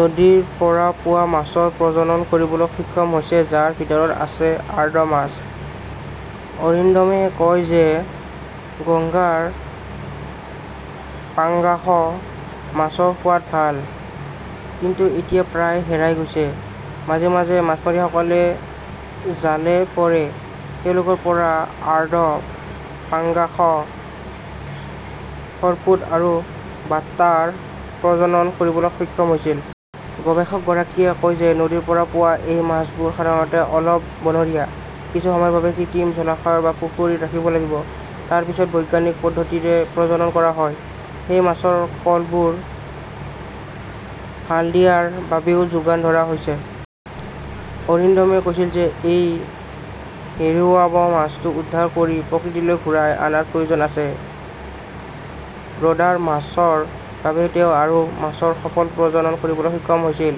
নদীৰ পৰা পোৱা মাছৰ প্ৰজনন কৰিবলৈ সক্ষম হৈছে, যাৰ ভিতৰত আছে আৰ্ড মাছ। অৰিন্দমে কয় যে গংগাৰ পাঙ্গাস মাছৰ সোৱাদ ভাল। কিন্তু এতিয়া প্ৰায় হেৰাই গৈছে। মাজে মাজে মাছমৰীয়াসকলৰ জালে পৰে। তেওঁলোকৰ পৰা আৰ্ড, পাঙ্গাস, সৰ্পুট আৰু বাটাৰ প্ৰজনন কৰিবলৈ সক্ষম হৈছিল। গৱেষকগৰাকীয়ে কয় যে নদীৰ পৰা পোৱা এই মাছবোৰ সাধাৰণতে অলপ 'বনৰীয়া। কিছু সময়ৰ বাবে কৃত্ৰিম জলাশয় বা পুখুৰীত ৰাখিব লাগিব। তাৰ পিছত বৈজ্ঞানিক পদ্ধতিৰে প্ৰজনন কৰা হয়। সেই মাছৰ কলবোৰ হালদিয়াৰ বাবেও যোগান ধৰা হৈছে। অৰিন্দমে কৈছিল যে এই হেৰুওৱা মাছটো উদ্ধাৰ কৰি প্ৰকৃতিলৈ ঘূৰাই অনাৰ প্ৰয়োজন আছে। ব্ৰুডাৰ মাছৰ বাবেই তেওঁ আৰু মাছৰ সফল প্ৰজনন কৰিবলৈ সক্ষম হৈছিল।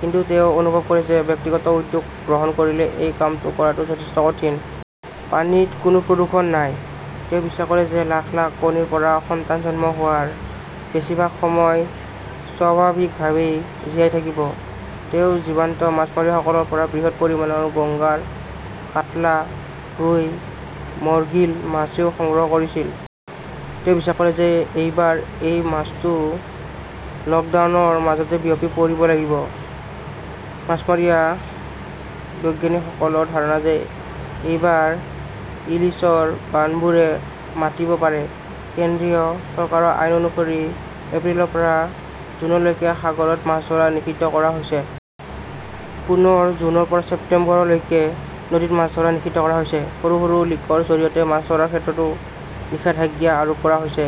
কিন্তু তেওঁ অনুভৱ কৰে যে ব্যক্তিগত উদ্যোগ গ্ৰহণ কৰিলে এই কামটো কৰাটো যথেষ্ট কঠিন। পানীত কোনো প্ৰদূষণ নাই। তেওঁ বিশ্বাস কৰে যে লাখ লাখ কণীৰ পৰা সন্তান জন্ম হোৱাৰ বেছিভাগ সময় স্বাভাৱিকভাৱেই জীয়াই থাকিব। তেওঁ জীৱন্ত মাছমৰীয়াসকলৰ পৰা বৃহৎ পৰিমাণৰ গংগাৰ কাটলা, ৰুই, মৰ্গীল মাছও সংগ্ৰহ কৰিছিল। তেওঁ বিশ্বাস কৰে যে এইবাৰ এই মাছটো লকডাউনৰ মাজতে বিয়পি পৰিব লাগিব। মাছমৰীয়া বিজ্ঞানীসকলৰ ধাৰণা যে এইবাৰ ইলিছৰ 'বানবোৰে মাতিব পাৰে। কেন্দ্ৰীয় চৰকাৰৰ আইন অনুসৰি এপ্ৰিলৰ পৰা জুনলৈকে সাগৰত মাছ ধৰা নিষিদ্ধ কৰা হৈছে। পুনৰ জুনৰ পৰা ছেপ্টেম্বৰলৈকে নদীত মাছ ধৰা নিষিদ্ধ কৰা হৈছে। সৰু সৰু লিকৰ জৰিয়তে মাছ ধৰাৰ ক্ষেত্ৰতো নিষেধাজ্ঞা আৰোপ কৰা হৈছে।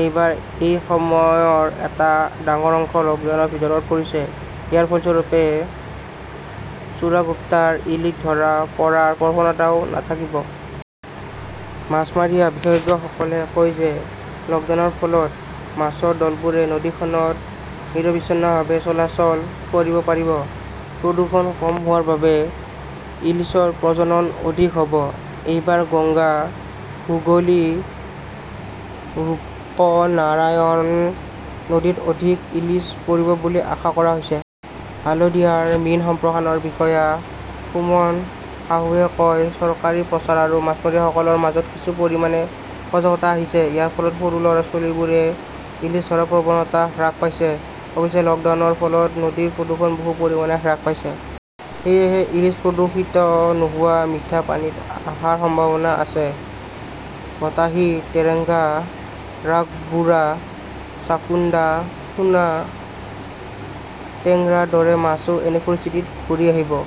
এইবাৰ এই সময়ৰ এটা ডাঙৰ অংশ লকডাউনৰ ভিতৰত পৰিছে। ইয়াৰ ফলস্বৰূপে চোৰাগোপ্টাৰ ইলিশ ধৰা পৰাৰ প্ৰৱণতাও নাথাকিব। মাছমৰীয়া বিশেষজ্ঞসকলে কয় যে লকডাউনৰ ফলত মাছৰ দলবোৰে নদীখনত নিৰবিচ্ছিন্নভাৱে চলাচল কৰিব পাৰিব। প্ৰদূষণ কম হোৱাৰ বাবে ইলিছৰ প্ৰজনন অধিক হব। আৰু এইবাৰ গংগা, হুগলী, ৰূপনাৰায়ণ নদীত অধিক ইলাছ পৰিব বুলি আশা কৰা হৈছে। হালদিয়াৰ মীন সম্প্ৰসাৰণ বিষয়া সুমন সাহুৱে কয়, চৰকাৰী প্ৰচাৰ আৰু মাছমৰীয়াসকলৰ মাজত কিছু পৰিমাণে সজাগতা আহিছে। ইয়াৰ ফলত সৰু লৰা-ছোৱালীবোৰে ইলাছ ধৰাৰ প্ৰৱণতা হ্ৰাস পাইছে। অৱশ্যে, লকডাউনৰ ফলত নদীৰ প্ৰদূষণ বহু পৰিমাণে হ্ৰাস পাইছে। সেয়েহে ইলিছ প্ৰদূষিত নোহোৱা মিঠা পানীত অহাৰ সম্ভাৱনা আছে। বতাসী, টেংৰা, ৰাসবোৰা চাকুণ্ডা, সোনা টেংৰাৰ দৰে মাছও এনে পৰিস্থিতিত ঘূৰি আহিব।